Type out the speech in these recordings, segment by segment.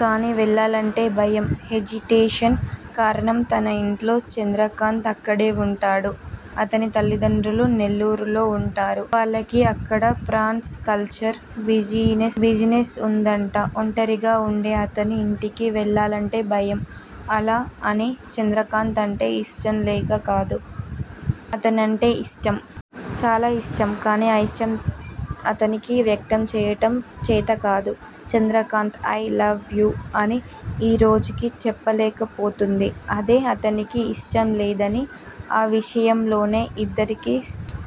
కానీ వెళ్ళాలంటే భయం హేజిటేషన్. కారణం తన ఇంట్లో చంద్రకాంత్ అక్కడే వుంటాడు. అతని తల్లిదండ్రులు నెల్లూరులో వుంటారు. వాళ్ళకి అక్కడ ప్రాన్స్ కల్చర్ బిజినెస్ వుందట. ఒంటరిగా ఉండే అతని ఇంటికి వెళ్ళాలంటే భయం. అలా అని చంద్రకాంత్ అంటే ఇష్టంలేక కాదు. అతనంటే ఇష్టం. చాలా ఇష్టం. కానీ ఆ ఇష్టం అతనికి వ్యక్తం చేయటం చేతకాదు. 'చంద్రకాంత్! ఐ లవ్ యూ' అని ఈ రోజుకీ చెప్పలేకపోతోంది. అదే అతనికి ఇష్టంలేదని. ఆ విషయంలోనే ఇద్దరికీ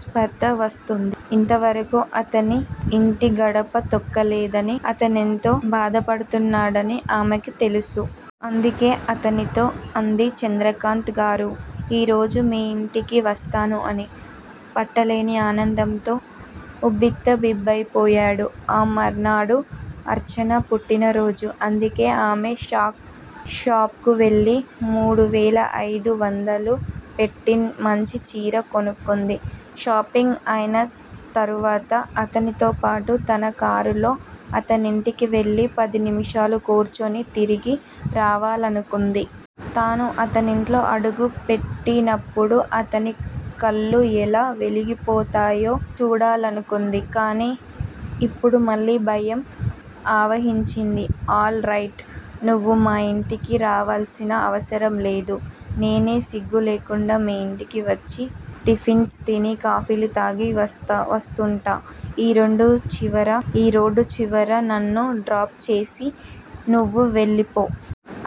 స్పర్ధ వస్తోంది. ఇంతవరకు అతని ఇంటి గడప తొక్కలేదని అతనెంతో బాధపడుతున్నాడని ఆమెకు తెలుసు. అందుకే అతనితో అంది చంద్రకాంత్ గారూ! ఈ రోజు మీ ఇంటికి వస్తాను అని. పట్టలేని ఆనందంతో ఉబ్బితబ్బిబైపోయాడు. ఆ మర్నాడు అర్చన పుట్టినరోజు. అందుకే ఆమె షాప్ కు వెళ్ళి మూడువేల ఐదు వందలు పెట్టి మంచి చీర కొనుకున్నది షాపింగ్ అయిన తరువాత అతనితోపాటు తన కారులో అతనింటికి వెళ్ళి పది నిమిషాలు కూర్చుని తిరిగి రావాలనుకుంది. తను అతనింట్లో అడుగు పెట్టినప్పుడు అతని కళ్ళు ఎలా వెలిగిపోతాయో చూడాలనుకుంది. కానీ ఇప్పుడు మళ్ళీ భయం ఆవహించింది. All right! నువ్వు మా ఇంటికి రావలసిన అవసరం లేదు. నేనే సిగ్గులేకుండా మీ ఇంటికి వచ్చి టిఫిన్స్ తిని, కాఫీలు తాగి వస్తుంటా! ఈ రోడ్డు చివర నన్ను డ్రాప్ చేసి నువ్వు వెళ్ళిపో.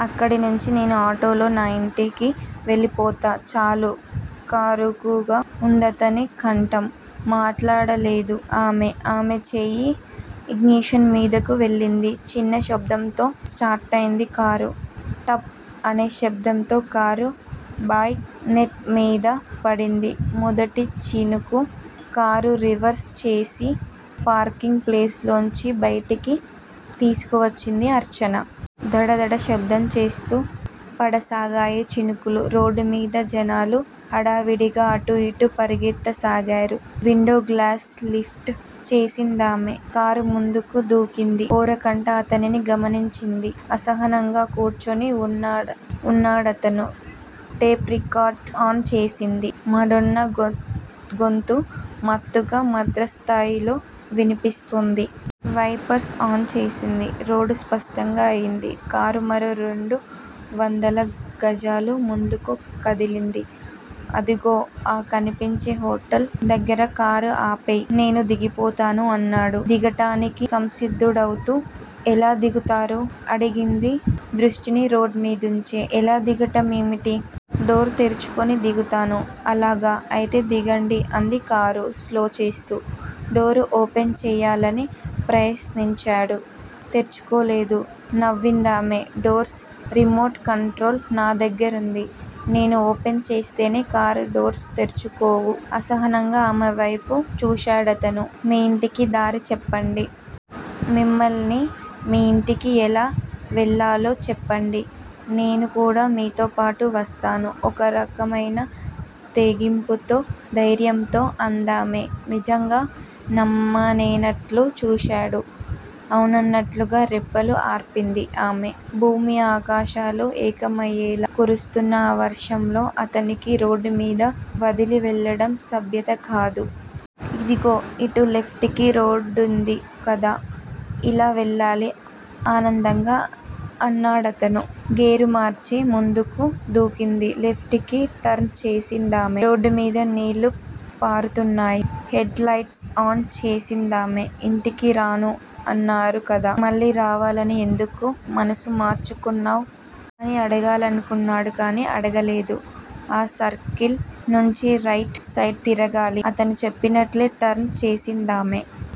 అక్కడి నుంచి నేను ఆటోలో నా ఇంటికి వెళ్ళిపోతా చాలు కరుకుగా వుందతని కంఠం. మాట్లాడలేదు ఆమె. ఆమె చేయి ఇగ్నిషన్ మీదకు వెళ్ళింది. చిన్న శబ్దంతో స్టార్టయింది కారు. 'టప్' మనే శబ్దంతో కారు బాయ్ నెట్ మీద పడింది మొదటి చినుకు. కారు రివర్స్ చేసి పార్కింగ్ ప్లేస్ లోంచి బయటికి తీసుకువచ్చింది అర్చన. దడదడ శబ్దం చేస్తూ పడసాగాయి చినుకులు. రోడ్డుమీద జనాలు హడావిడిగా అటూ ఇటూ పరిగెత్తసాగారు. విండో గ్లాసెస్ లిఫ్ట్ చేసిందామె. కారు ముందుకు దూకింది. ఓరకంట అతనిని గమనించింది. అసహనంగా కూర్చుని వున్నాడతను. టేప్ రికార్డర్ ఆన్ చేసింది. మడొన్నా గొంతు మత్తుగా మంద్రస్థాయిలో వినిపిస్తోంది. వైపర్స్ ఆన్ చేసింది. రోడ్డు స్పష్టం అయింది. కారు మరో రెండు వందల గజాలు ముందుకు కదిలింది. అదుగో ఆ కనిపించే హోటల్ దగ్గర కారు ఆపెయ్. నేను దిగిపోతాను అన్నాడు దిగటానికి సంసిద్దుడవుతూ. ఎలా దిగుతారు? అడిగింది దృష్టిని రోడ్ మీదుంచే. ఎలా దిగటం ఏమిటి? డోరు తెరుచుకుని దిగుతాను. అలాగా అయితే దిగండి అంది కారు స్లో చేస్తూ. డోరు ఓపెన్ చేయాలని ప్రయత్నించాడు. తెరుచుకోలేదు. నవ్విందామె డోర్స్ రిమోట్ కంట్రోల్ నా దగ్గరుంది. నేను ఓపెన్ చేస్తేనే కానీ డోర్స్ తెరుచుకోవు. అసహనంగా ఆమె వైపు చూశాడతను. మీ ఇంటికి దారి చెప్పండి. మిమ్మల్నే మీ ఇంటికి ఎలా వెళ్ళాలో చెప్పండి. నేను కూడా మీతో పాటు వస్తాను ఒక రకమైన తెగింపుతో, ధైర్యంతో అందామె. నిజంగా! నమ్మలేనట్లు చూశాడు. అవునన్నట్లుగా రెప్పలు ఆర్పింది ఆమె. భూమ్యాకాశాలు ఏకమయ్యేలా కురుస్తున్న ఆ వర్షంలో అతనికి రోడ్డుమీద వదిలి వెళ్ళడం సభ్యత కాదు. ఇదుగో ఇటు. లెఫ్టుకి రోడ్డుంది కదా. ఇలా వెళ్ళాలి ఆనందంగా అన్నాడతను. గేరు మార్చి ముందుకు దూకింది లెఫ్ట్ కి టర్న్ చేసిందామె. రోడ్డుమీద నీళ్ళు పారుతున్నాయి. హెడ్ లైట్స్ ఆన్ చేసిందామె. ఇంటికి రాను అన్నారు కదా! మళ్ళీ రావాలని ఎందుకు మనసు మార్చుకున్నావ్? అని అడగాలనుకున్నాడు కానీ అడగలేదు. ఆ సర్కిల్ నుంచి రైట్ సైడ్ తిరగాలి. అతను చెప్పినట్లే టర్న్ చేసిందామె.